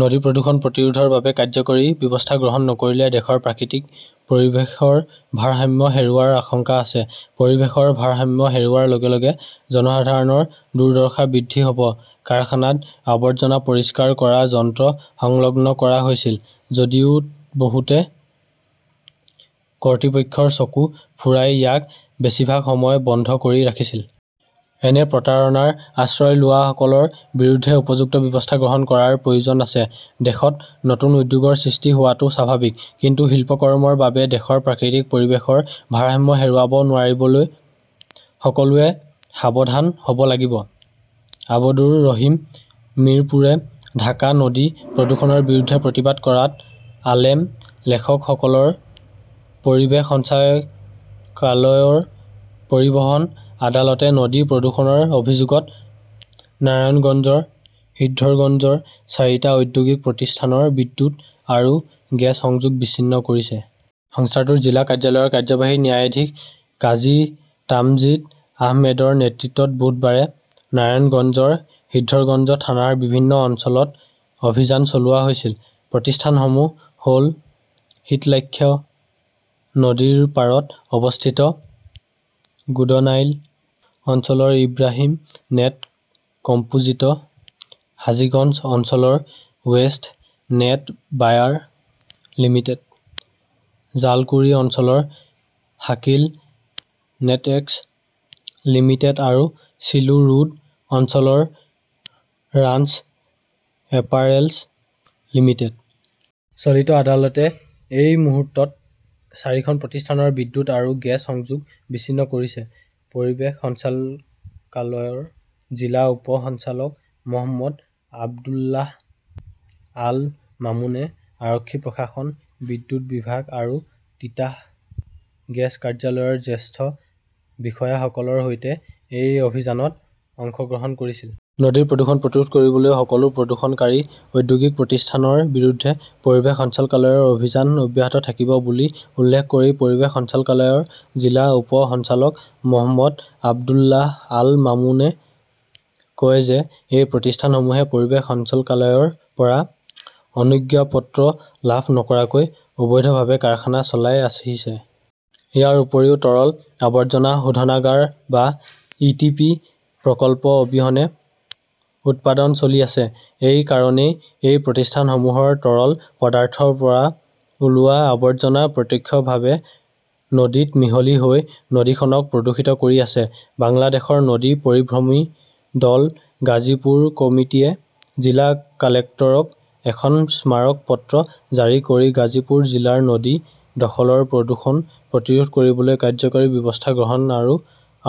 নদী প্ৰদূষণ প্ৰতিৰোধৰ বাবে কাৰ্যকৰী ব্যৱস্থা গ্ৰহণ নকৰিলে দেশৰ প্ৰাকৃতিক পৰিৱেশৰ ভাৰসাম্য হেৰুৱাৰ আশংকা আছে। পৰিৱেশৰ ভাৰসাম্য হেৰুওৱাৰ লগে লগে জনসাধাৰণৰ দুৰ্দশা বৃদ্ধি হ'ব। কাৰখানাত আৱৰ্জনা পৰিষ্কাৰ কৰা যন্ত্ৰ সংলগ্ন কৰা হৈছিল যদিও বহুতে কৰ্তৃপক্ষৰ চকু ফুৰাই ইয়াক বেছিভাগ সময় বন্ধ কৰি ৰাখিছিল। এনে প্ৰতাৰণাৰ আশ্ৰয় লোৱাসকলৰ বিৰুদ্ধে উপযুক্ত ব্যৱস্থা গ্ৰহণ কৰাৰ প্ৰয়োজন আছে। দেশত নতুন উদ্যোগৰ সৃষ্টি হোৱাটো স্বাভাৱিক। কিন্তু শিল্পকৰ্মৰ বাবে দেশৰ প্ৰাকৃতিক পৰিৱেশৰ ভাৰসাম্য হেৰুৱাব নোৱাৰিবলৈ সকলোৱে সাৱধান হ'ব লাগিব। আবদুৰ ৰহিম মিৰপুৰে ঢাকা নদী প্ৰদূষণৰ বিৰুদ্ধে প্ৰতিবাদ কৰাত আলেম লেখকসকলৰ পৰিৱেশ সঞ্চালকালয়ৰ পৰিবহন আদালতে নদী প্ৰদূষণৰ অভিযোগত নাৰায়ণগঞ্জৰ সিদ্ধৰগঞ্জৰ চাৰিটা ঔদ্যোগিক প্ৰতিষ্ঠানৰ বিদ্যুৎ আৰু গেছ সংযোগ বিচ্ছিন্ন কৰিছে। সংস্থাটোৰ জিলা কাৰ্যালয়ৰ কাৰ্যবাহী ন্যায়াধীশ কাজী তামজিদ আহমেদৰ নেতৃত্বত বুধবাৰে নাৰায়ণগঞ্জৰ সিদ্ধৰগঞ্জ থানাৰ বিভিন্ন অঞ্চলত অভিযান চলোৱা হৈছিল। প্ৰতিষ্ঠানসমূহ হ'ল-শীতলাক্ষ্যা নদীৰ পাৰত অৱস্থিত গোদনাইল অঞ্চলৰ ইব্ৰাহিম নেট কম্পোজিট, হাজিগঞ্জ অঞ্চলৰ west net wire limited, Jalkuri অঞ্চলৰ শাকিল নেটএক্স লিমিটেড আৰু চিলো ৰোড অঞ্চলৰ ৰান্স এপাৰেলছ লিমিটেড। চলিত আদালতে এই মুহূৰ্তত চাৰিখন প্ৰতিষ্ঠানৰ বিদ্যুৎ আৰু গেছ সংযোগ বিচ্ছিন্ন কৰিছে। পৰিৱেশ সঞ্চালকালয়ৰ জিলা উপ সঞ্চালক মহম্মদ আব্দুল্লাহ আল মামুনে আৰক্ষী প্ৰশাসন, বিদ্যুৎ বিভাগ আৰু তিতাস গেছ কাৰ্যালয়ৰ জ্যেষ্ঠ বিষয়াসকলৰ সৈতে এই অভিযানত অংশগ্ৰহণ কৰিছিল। নদীৰ প্ৰদূষণ প্ৰতিৰোধ কৰিবলৈ সকলো প্ৰদূষণকাৰী ঔদ্যোগিক প্ৰতিষ্ঠানৰ বিৰুদ্ধে পৰিৱেশ সঞ্চালকালয়ৰ অভিযান অব্যাহত থাকিব বুলি উল্লেখ কৰি পৰিৱেশ সঞ্চালকালয়ৰ জিলা উপ সঞ্চালক মহম্মদ আব্দুল্লাহ আল মামুনে কয় যে এই প্ৰতিষ্ঠানসমূহে পৰিৱেশ সঞ্চালকালয়ৰ পৰা অনুজ্ঞাপত্ৰ লাভ নকৰাকৈ অবৈধভাৱে কাৰখানা চলাই আহিছে। ইয়াৰ উপৰিও, তৰল আৱৰ্জনা শোধনাগাৰ বা ই.টি.পি. প্ৰকল্প অবিহনে উৎপাদন চলি আছে। এই কাৰণেই এই প্ৰতিষ্ঠানসমূহৰ তৰল পদাৰ্থৰ পৰা ওলোৱা আৱৰ্জনা প্ৰত্যক্ষভাৱে নদীত মিহলি হৈ নদীখনক প্ৰদূষিত কৰি আছে। বাংলাদেশৰ নদী পৰিভ্ৰমী দল গাজীপুৰ কমিটীয়ে জিলা কালেক্টৰক এখন স্মাৰক পত্ৰ জাৰি কৰি গাজীপুৰ জিলাৰ নদী দখলৰ প্ৰদূষণ প্ৰতিৰোধ কৰিবলৈ কাৰ্যকৰী ব্যৱস্থা গ্ৰহণ আৰু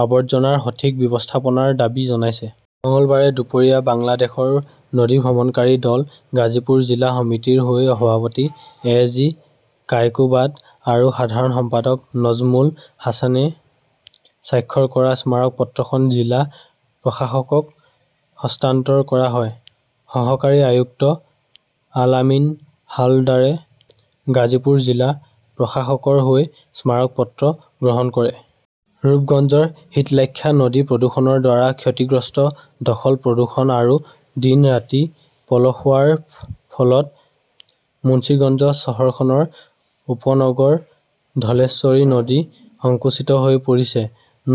আৱৰ্জনাৰ সঠিক ব্যৱস্থাপনাৰ দাবী জনাইছে। মঙলবাৰে দুপৰীয়া বাংলাদেশৰ নদী ভ্ৰমণকাৰী দল গাজীপুৰ জিলা সমিতিৰ হৈ সভাপতি এ. জি. কায়কোবাদ আৰু সাধাৰণ সম্পাদক নজ্মুল হাছানে স্বাক্ষৰ কৰা স্মাৰক পত্ৰখন জিলা প্ৰশাসকক হস্তান্তৰ কৰা হয়। সহকাৰী আয়ুক্ত আলামিন হালদাৰে গাজীপুৰ জিলা প্ৰশাসকৰ হৈ স্মাৰক পত্ৰ গ্ৰহণ কৰে। ৰূপগঞ্জৰ শীতলাক্ষ্যা নদী প্ৰদূষণৰ দ্বাৰা ক্ষতিগ্ৰস্ত দখল-প্ৰদূষণ আৰু দিন-ৰাতি পলসুৱাৰ ফলত মুঞ্চিগঞ্জ চহৰখনৰ উপনগৰ ধলেশ্বৰী নদী সংকুচিত হৈ পৰিছে।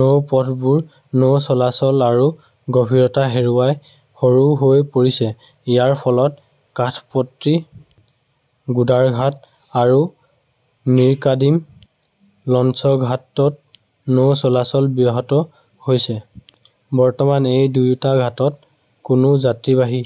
নৌ পথবোৰ নৌ চলাচল আৰু গভীৰতা হেৰুৱাই সৰু হৈ পৰিছে। ইয়াৰ ফলত কাঠপট্টি গুদাৰঘাট আৰু মিৰকাদিম লঞ্চঘাটত নৌ চলাচল ব্যাহত হৈছে। বৰ্তমান এই দুয়োটা ঘাটত কোনো যাত্ৰীবাহী